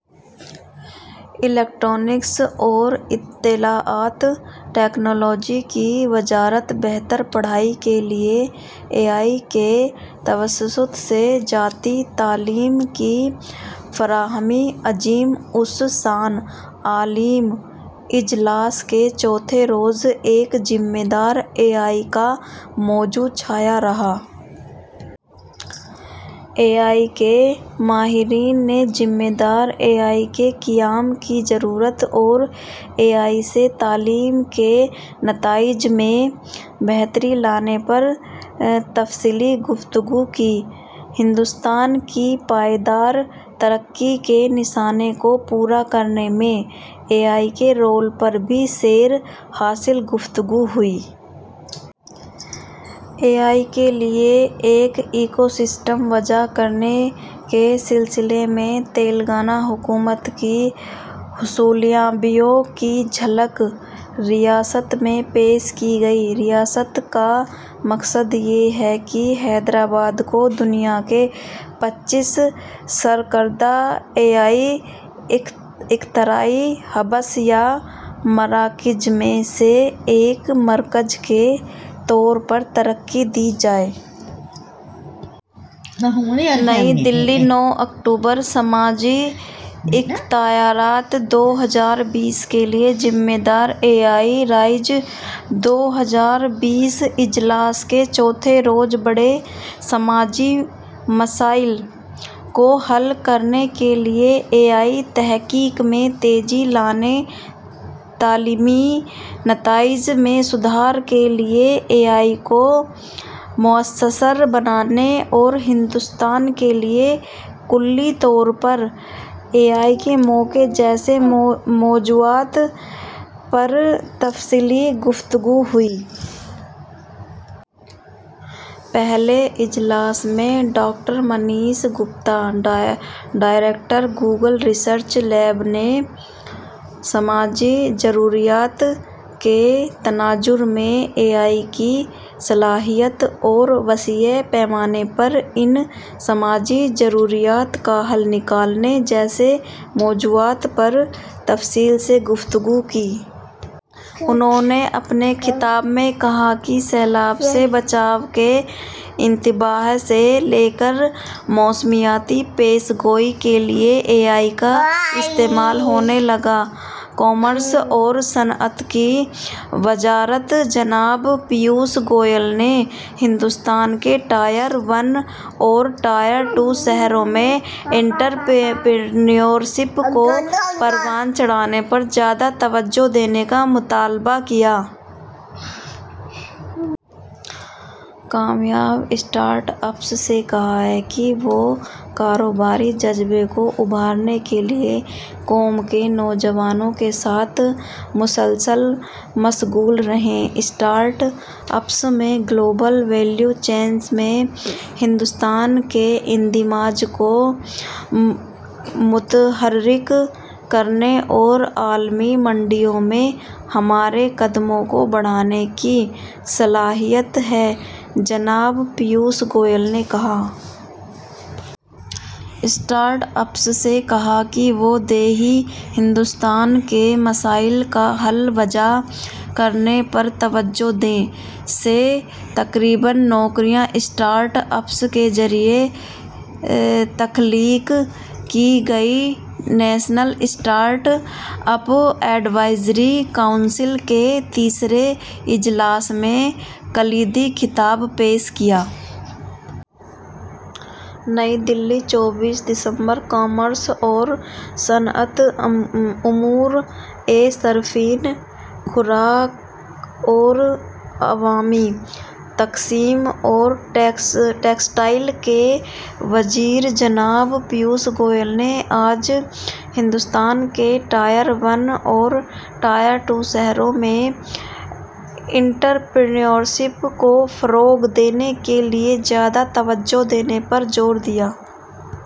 Electronics اور اطلاعات technology کی وزارت بہتر پڑھائی کے لیے اے آئی کے توسط سے ذاتی تعلیم کی فراہمی، عظیم الشان عالمی اجلاس کے چوتھے روز ایک ذمہ دار اے آئی کا موضوع چھایا رہا۔ اے آئی کے ماہرین نے ذمہ دار اے آئی کے قیام کی ضرورت اور اے آئی سے تعلیم کے نتائج میں بہتری لانے پر تفصیلی گفتگو کی۔ ہندوستان کی پائیدار ترقی کے نشانے کو پورا کرنے میں اے آئی کے رول پر بھی سیر حاصل گفتگو ہوئی۔ اے آئی کے لیے ایک ایکو سسٹم وضع کرنے کے سلسلے میں تلنگانہ حکومت کی حصولیابیوں کی جھلک ریاست میں پیش کی گئی۔ ریاست کا مقصد یہ ہے کہ حیدرآباد کو دنیا کے پچیس سرکردہ اے آئی اختراعی ہبس یا مراکز میں سے ایک مرکز کے طور پر ترقی دی جائے۔ نئی دہلی، نو اکتوبر: سماجی اختیارات دو ہزار بیس کے لیے ذمہ دار اے آئی رائز دو ہزار بیس اجلاس کے چوتھے روز بڑے سماجی مسائل کو حل کرنے کے لیے اے آئی تحقیق میں تیزی لانے، تعلیمی نتائج میں سدھار کے لیے اے آئی کو مؤثر بنانے اور ہندوستان کے لیے کلی طور پر اے آئی کے مواقع جیسے موضوعات پر تفصیلی گفتگو ہوئی۔ پہلے اجلاس میں doctor Manish Gupta, director Google research lab نے سماجی ضروریات کے تناظر میں اے آئی کی صلاحیت اور وسیع پیمانے پر ان سماجی ضروریات کا حل نکالنے جیسے موضوعات پر تفصیل سے گفتگو کی۔ انھوں نے اپنے خطاب میں کہا کہ سیلاب سے بچاؤ کے انتباہ سے لے کر موسمیاتی پیش گوئی کے لیے اے آئی کا استعمال ہونے لگا ہے۔ کامرس اور صنعت کی وزارت جناب پیوش گوئل نے ہندوستان کے ٹائر ون اور ٹائر ٹو شہروں میں انٹرپرینیورشپ کو پروان چڑھانے پر زیادہ توجہ دینے کا مطالبہ کیا۔ کامیاب اسٹارٹ اپس سے کہا ہے کہ وہ کاروباری جذبے کو ابھارنے کے لیے قوم کے نوجوانوں کے ساتھ مسلسل مشغول رہیں۔ اسٹارٹ اپس میں گلوبل ویلیو چینز میں ہندوستان کے انضمام کو متحرک کرنے اور عالمی منڈیوں میں ہمارے قدموں کو بڑھانے کی صلاحیت ہے، جناب پیوش گوئل نے کہا۔ اسٹارٹ اپس سے کہا کہ وہ دیہی ہندوستان کے مسائل کا حل وضع کرنے پر توجہ دیں۔ سے تقریباً نوکریاں اسٹارٹ اپس کے ذریعہ تخلیق کی گئیں۔ National startup advisory council کے تیسرے اجلاس میں کلیدی خطاب پیش کیا۔ نئی دہلی، چوبیس دسمبر: کامرس اور صنعت، امور صارفین، خوراک اور عوامی تقسیم اور ٹیکسٹائل کے وزیر جناب پیوش گوئل نے آج ہندوستان کے ٹائر ون اور ٹائر ٹو شہروں میں انٹرپرینیورشپ کو فروغ دینے کے لیے زیادہ توجہ دینے پر زور دیا۔